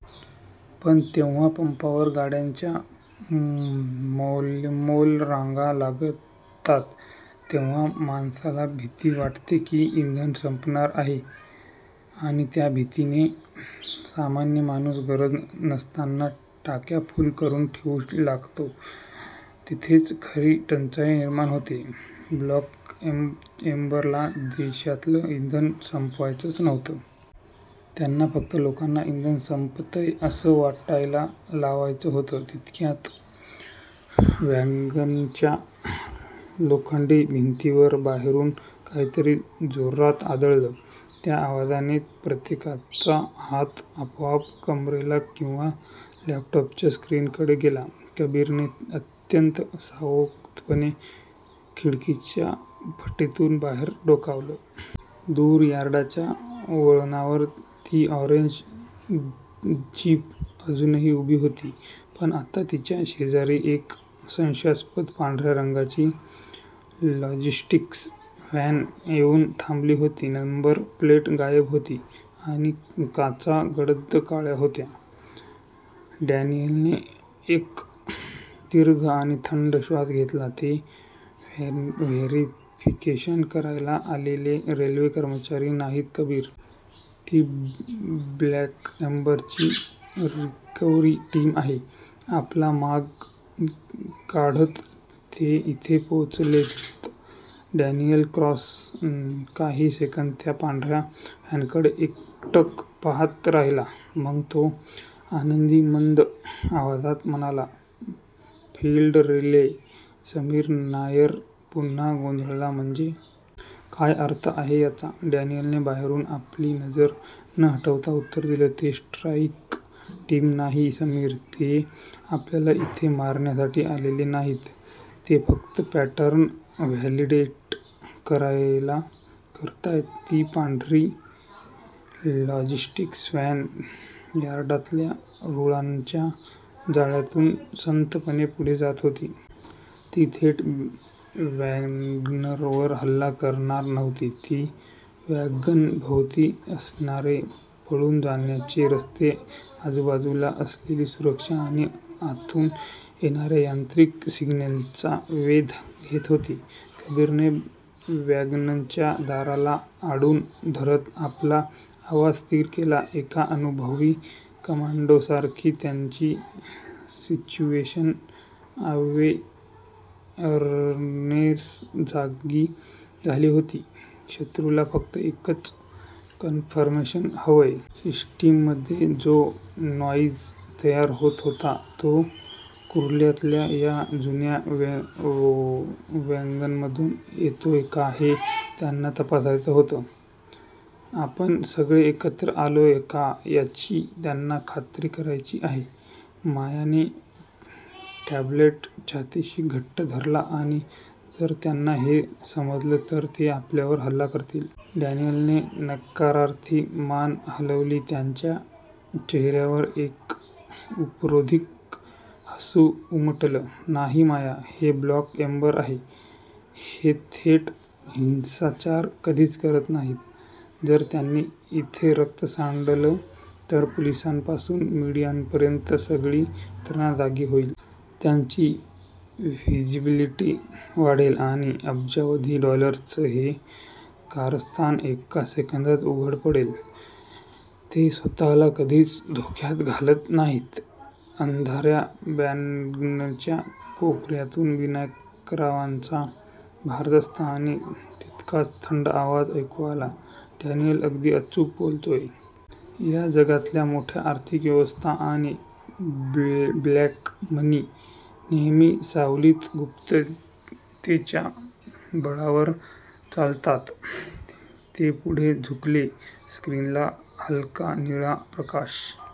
पण जेव्हा पंपांवर गाड्यांच्या मैलोन्मैल रांगा लागतात, तेव्हा माणसाला भीती वाटते की इंधन संपणार आहे आणि त्या भीतीने सामान्य माणूस गरज नसताना टाक्या फुल करून ठेवू लागतो. तिथेच खरी टंचाई निर्माण होते. 'ब्लॅक एम्बर'ला देशातलं इंधन संपवायचंच नव्हतं. त्यांना फक्त लोकांना इंधन संपतंय असं वाटायला लावायचं होतं. तितक्यात, वॅगनच्या लोखंडी भिंतीवर बाहेरून काहीतरी जोरात आदळलं!! त्या आवाजाने प्रत्येकाचा हात आपोआप कमरेला किंवा लॅपटॉपच्या स्क्रीनकडे गेला. कबीरने अत्यंत सावधपणे खिडकीच्या फटीतून बाहेर डोकावलं. दूर यार्डाच्या वळणावर ती ऑरेंज जीप अजूनही उभी होती. पण आता तिच्या शेजारी एक संशयास्पद, पांढऱ्या रंगाची लॉजिस्टिक्स व्हॅन येऊन थांबली होती. नंबर प्लेट गायब होती आणि काचा गडद काळ्या होत्या. डॅनियलने एक दीर्घ आणि थंड श्वास घेतला, "ते व्हॅरिफिकेशन करायला आलेले रेल्वे कर्मचारी नाहीत, कबीर. ती 'ब्लॅक एम्बर'ची रिकव्हरी टीम आहे. आपला माग काढत ते इथे पोहोचलेत." डॅनियल क्रॉस काही सेकंद त्या पांढऱ्या व्हॅनकडे एकटक पाहत राहिला. मग तो अगदी मंद आवाजात म्हणाला, "फील्ड रिले" समीर नायर पुन्हा गोंधळला, "म्हणजे? काय अर्थ आहे याचा? " डॅनियलने बाहेरून आपली नजर न हटवता उत्तर दिलं, "ते स्ट्राईक टीम नाहीत समीर. ते आपल्याला इथे मारण्यासाठी आलेले नाहीत. ते फक्त पॅटर्न व्हॅलिडेट करतायत." ती पांढरी लॉजिस्टिक्स व्हॅन यार्डातल्या रुळांच्या जाळ्यातून संथपणे पुढे जात होती. ती थेट वॅगनवर हल्ला करणार नव्हती. ती वॅगनभोवती असणारे पळून जाण्याचे रस्ते, आजूबाजूला असलेली सुरक्षा आणि आतून येणाऱ्या तांत्रिक सिग्नल्सचा वेध घेत होती. कबीरने वॅगनच्या दाराला आडून धरत आपला आवाज स्थिर केला. एका अनुभवी कमांडोसारखी त्याची सिच्युएशनल अवेअरनेस जागी झाली होती, "शत्रूला फक्त एकच कन्फर्मेशन हवंय. सिस्टीममध्ये जो 'नॉईज' तयार होत होता, तो कुर्ल्यातल्या या जुन्या वॅगनमधून येतोय का, हे त्यांना तपासायचं आहे. आपण सगळे एकत्र आलोय का, याची त्यांना खात्री करायची आहे." मायाने टॅब्लेट छातीशी घट्ट धरला, "आणि जर त्यांना हे समजलं, तर ते आपल्यावर हल्ला करतील? " डॅनियलने नकारार्थी मान हलवली. त्याच्या चेहऱ्यावर एक उपरोधिक हसू उमटलं, "नाही माया. हे 'ब्लॅक एम्बर' आहे. ते थेट हिंसाचार कधीच करत नाहीत. जर त्यांनी इथे रक्त सांडलं, तर पोलिसांपासून मीडियापर्यंत सगळी यंत्रणा जागी होईल. त्यांची 'व्हिझिबिलिटी' वाढेल आणि अब्जावधी डॉलर्सचं हे कारस्थान एका सेकंदात उघडं पडेल. ते स्वतःला कधीच धोक्यात घालत नाहीत." अंधाऱ्या वॅगनच्या कोपऱ्यातून विनायकरावांचा भारदस्त आणि तितकाच थंड आवाज ऐकू आला, "डॅनियल अगदी अचूक बोलतोय. या जगातल्या मोठ्या आर्थिक व्यवस्था आणि ब्लॅक मनी नेहमी सावलीत, गुप्ततेच्या बळावर चालतात." ते पुढे झुकले, स्क्रीनचा हलका निळा प्रकाश